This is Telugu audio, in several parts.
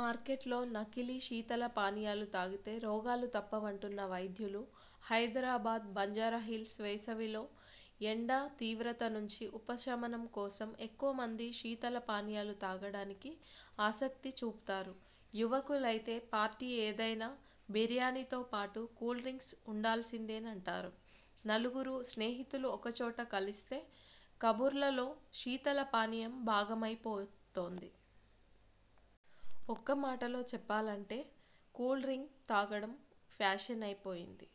మార్కెట్లో నకిలీ శీతల పానీయాలు తాగితే రోగాలు తప్పవంటున్న వైద్యులు హైదరాబాద్, బంజారాహిల్స్ వేసవిలో ఎండ తీవ్రత నుంచి ఉపశమనం కోసం ఎక్కువ మంది శీతల పానీయాలు తాగడానికి ఆసక్తి చూపుతారు. యువకులైతే పార్టీ ఏదైనా బిర్యానీతో పాటు కూల్డ్రింక్ ఉండా ల్సిందేనంటారు. నలుగురు స్నేహితులు ఒకచోట కలిస్తే కబుర్లలో శీతల పానీయం భాగమైపోతోంది. ఒక్క మాటలో చెప్పాలంటే కూల్డ్రింక్ తాగడం ఫ్యాషనైపోయింది.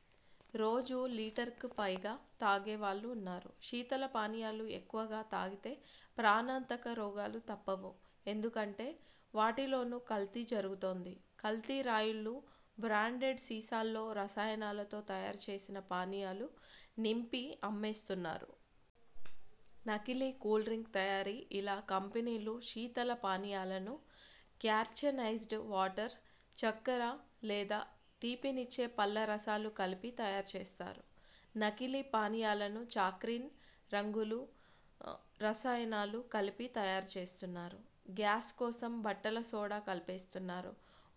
రోజూ లీటర్కు పైగా తాగే వాళ్లూ ఉన్నారు. శీతల పానీయాలు ఎక్కువగా తాగితే ప్రాణాంతక రోగాలు తప్పవు. ఎందుకంటే వాటి లోనూ కల్తీ జరుగుతోంది. కల్తీ రాయుళ్లు బ్రాండెడ్ సీసాల్లో రసాయనాలతో తయారు చేసిన పానీయాలు నింపి అమ్మేస్తున్నారు. నకిలీ కూల్డ్రింక్ తయారీ ఇలా కంపెనీలు శీతల పానీయాలను కార్చనైజ్డ్ వాటర్, చక్కెర లేదా తీపినిచ్చే పళ్ల రసాలు కలిపి తయారు చేస్తాయి. నకిలీ పానీయాలను చాక్రీన్, రంగులు, రసాయనాలు కలిపి తయారు చేస్తున్నారు. గ్యాస్ కోసం బట్టల సోడా కలిపేస్తున్నారు.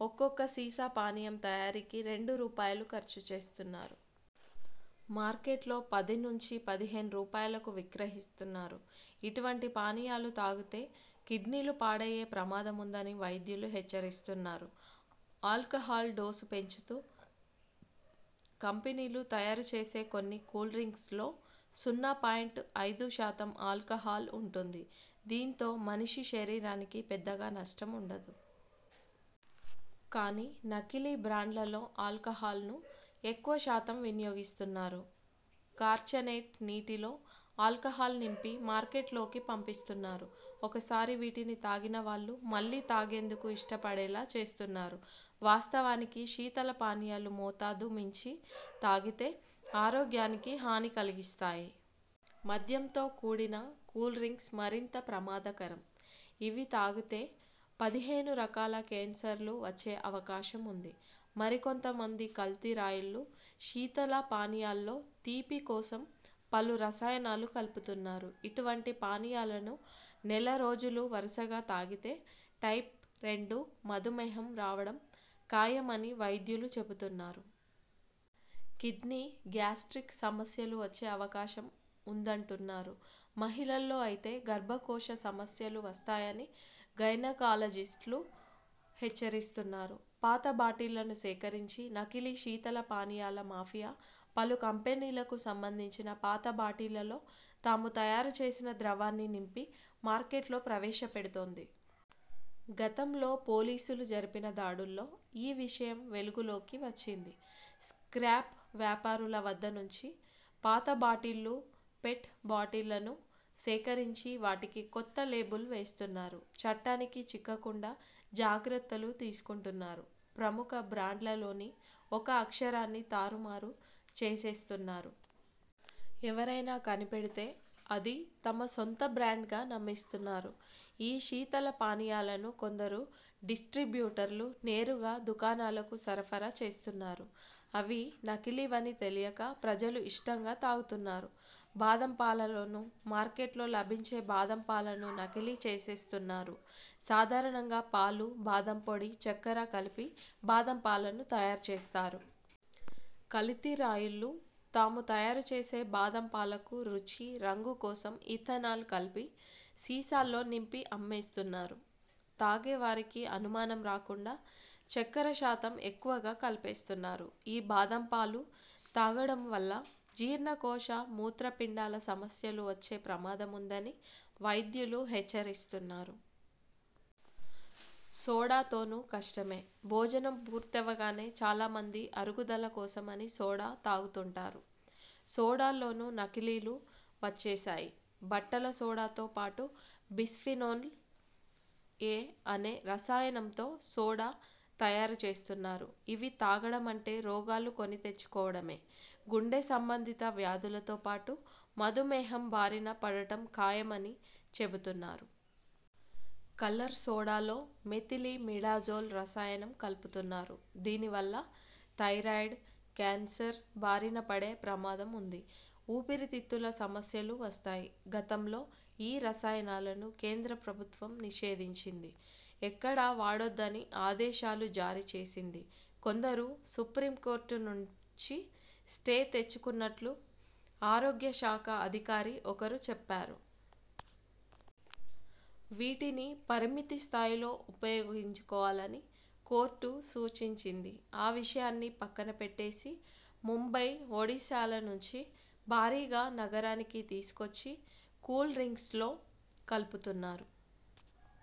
ఒక్కొక్క సీసా పానీయం తయారీకి రెండు రూపాయలు ఖర్చు చేస్తున్నారు. మార్కెట్లో పది నుంచి పదిహేను రూపాయలకు విక్రయిస్తున్నారు. ఇటువంటి పానీయాలు తాగితే కిడ్నీలు పాడయ్యే ప్రమాదముందని వైద్యులు హెచ్చరిస్తున్నారు. ఆల్కహాల్ డోసు పెంచుతూ కంపెనీలు తయారు చేసే కొన్ని కూల్డ్రింక్స్లో సున్నా పాయింట్ ఐదు శాతం ఆల్కహాల్ ఉంటుంది. దీంతో మనిషి శరీరానికి పెద్దగా నష్టం ఉండదు. కానీ నకిలీ బ్రాండ్లలో ఆల్కహాల్ను ఎక్కువ శాతం వినియోగిస్తున్నారు. కార్చనేట్ నీటిలో ఆల్కహాల్ నింపి మార్కెట్ లోకి పంపిస్తున్నారు. ఒకసారి వీటిని తాగిన వాళ్లు మళ్లీ తాగేందుకు ఇష్టపడేలా చేస్తున్నారు. వాస్త వానికి శీతల పానీయాలు మోతాదు మించి తాగితే ఆరోగ్యానికి హాని కలిగిస్తాయి. మద్యంతో కూడిన కూల్డ్రింక్స్ మరింత ప్రమాదకరం. ఇవి తాగితే పదిహేను రకాల కేన్సర్లు వచ్చే అవకాశం ఉంది. మరికొంత మంది కల్తీ రాయుళ్లు శీతల పానీయాల్లో తీపి కోసం పలు రసాయనాలు కలుపుతున్నారు. ఇటువంటి పానీయాలను నెల రోజులు వరుసగా తాగితే టైప్ రెండు మధుమేహం రావడం ఖాయమని వైద్యులు చెబుతున్నారు. కిడ్నీ, గ్యాస్ట్రిక్ సమస్యలూ వచ్చే అవకాశం ఉందంటున్నారు. మహిళల్లో అయితే గర్భకోశ సమస్యలు వస్తాయని గైనకాలజిస్ట్లు హెచ్చరిస్తున్నారు. పాత బాటిళ్లను సేకరించి, నకిలీ శీతల పానీయాల మాఫియా పలు కంపెనీలకు సంబంధించిన పాత బాటిళ్లలో తాము తయారు చేసిన ద్రవాన్ని నింపి మార్కెట్లో ప్రవేశ పెడుతోంది. గతంలో పోలీసులు జరిపిన దాడుల్లో ఈ విషయం వెలుగులోకి వచ్చింది. స్క్రాప్ వ్యాపారుల వద్ద నుంచి పాత బాటిళ్లు, పెట్ బాటిళ్లను సేకరించి వాటికి కొత్త లేబుల్ వేస్తున్నారు. చట్టానికి చిక్కకుండా జాగ్రత్తలు తీసుకుంటున్నారు. ప్రముఖ బ్రాండ్లలోని ఒక అక్షరాన్ని తారు మారు చేసేస్తు న్నారు. ఎవరైనా కనిపెడితే అది తమ సొంత బ్రాండ్గా నమ్మిస్తున్నారు. ఈ శీతల పానీయాలను కొందరు డిస్ట్రీ బ్యూటర్లు నేరుగా దుకాణాలకు సరఫరా చేస్తున్నారు. అవి నకిలీవని తెలియక ప్రజలు ఇష్టంగా తాగుతున్నారు. బాదం పాలలోనూ, మార్కెట్లో లభించే బాదం పాలనూ నకిలీ చేసేస్తున్నారు. సాధారణంగా పాలు, బాదం పొడి, చక్కెర కలిపి బాదం పాలను తయారు చేస్తారు. కల్తీ రాయుళ్లు తాము తయారు చేసే బాదం పాలకు రుచి, రంగు కోసం ఇథనాల్ కలిపి సీసాల్లో నింపి అమ్మేస్తున్నారు. తాగే వారికి అనుమానం రాకుండా చక్కెర శాతం ఎక్కువగా కలిపేస్తున్నారు. ఈ బాదం పాలు తాగడం వల్ల జీర్ణకోశ, మూత్ర పిండాల సమస్యలు వచ్చే ప్రమాదముందని వైద్యులు హెచ్చరిస్తున్నారు. సోడాతోనూ కష్టమే, భోజనం పూర్తవగానే చాలా మంది అరుగుదల కోసమని సోడా తాగుతుంటారు. సోడాల్లోనూ నకిలీలు వచ్చేశాయి. బట్టల సోడాతో పాటు బిస్ఫినోల్, ఎ అనే రసాయనంతో సోడా తయారు చేస్తున్నారు. ఇవి తాగడ మంటే రోగాలు కొనితెచ్చు కోవడమే. గుండె సంబంధిత వ్యాధులతో పాటు మధుమేహం బారిన పడటం ఖాయమని చెబుతున్నారు. కలర్ సోడాలో మెథిలిమిడాజోల్ రసాయనం కలుపుతున్నారు. దీనివల్ల థైరాయిడ్, కేన్సర్ బారిన పడే ప్రమాదం ఉంది. ఊపిరి తిత్తుల సమస్యలూ వస్తాయి. గతంలో ఈ రసాయనాలను కేంద్ర ప్రభుత్వం నిషేధించింది. ఎక్కడా వాడొద్దని ఆదేశాలూ జారీ చేసింది. కొందరు సుప్రీంకోర్టు నుంచి స్టే తెచ్చుకున్నట్టు ఆరోగ్య శాఖ అధికారి ఒకరు చెప్పారు. వీటిని పరిమితి స్థాయిలో ఉపయో గించుకోవాలని కోర్టు సూచించింది. ఆ విషయాన్ని పక్కన పెట్టేసి ముంబై, ఒడిశాల నుంచి భారీగా నగరానికి తీసుకొచ్చి కూల్డ్రింక్స్లో కలుపుతున్నారు.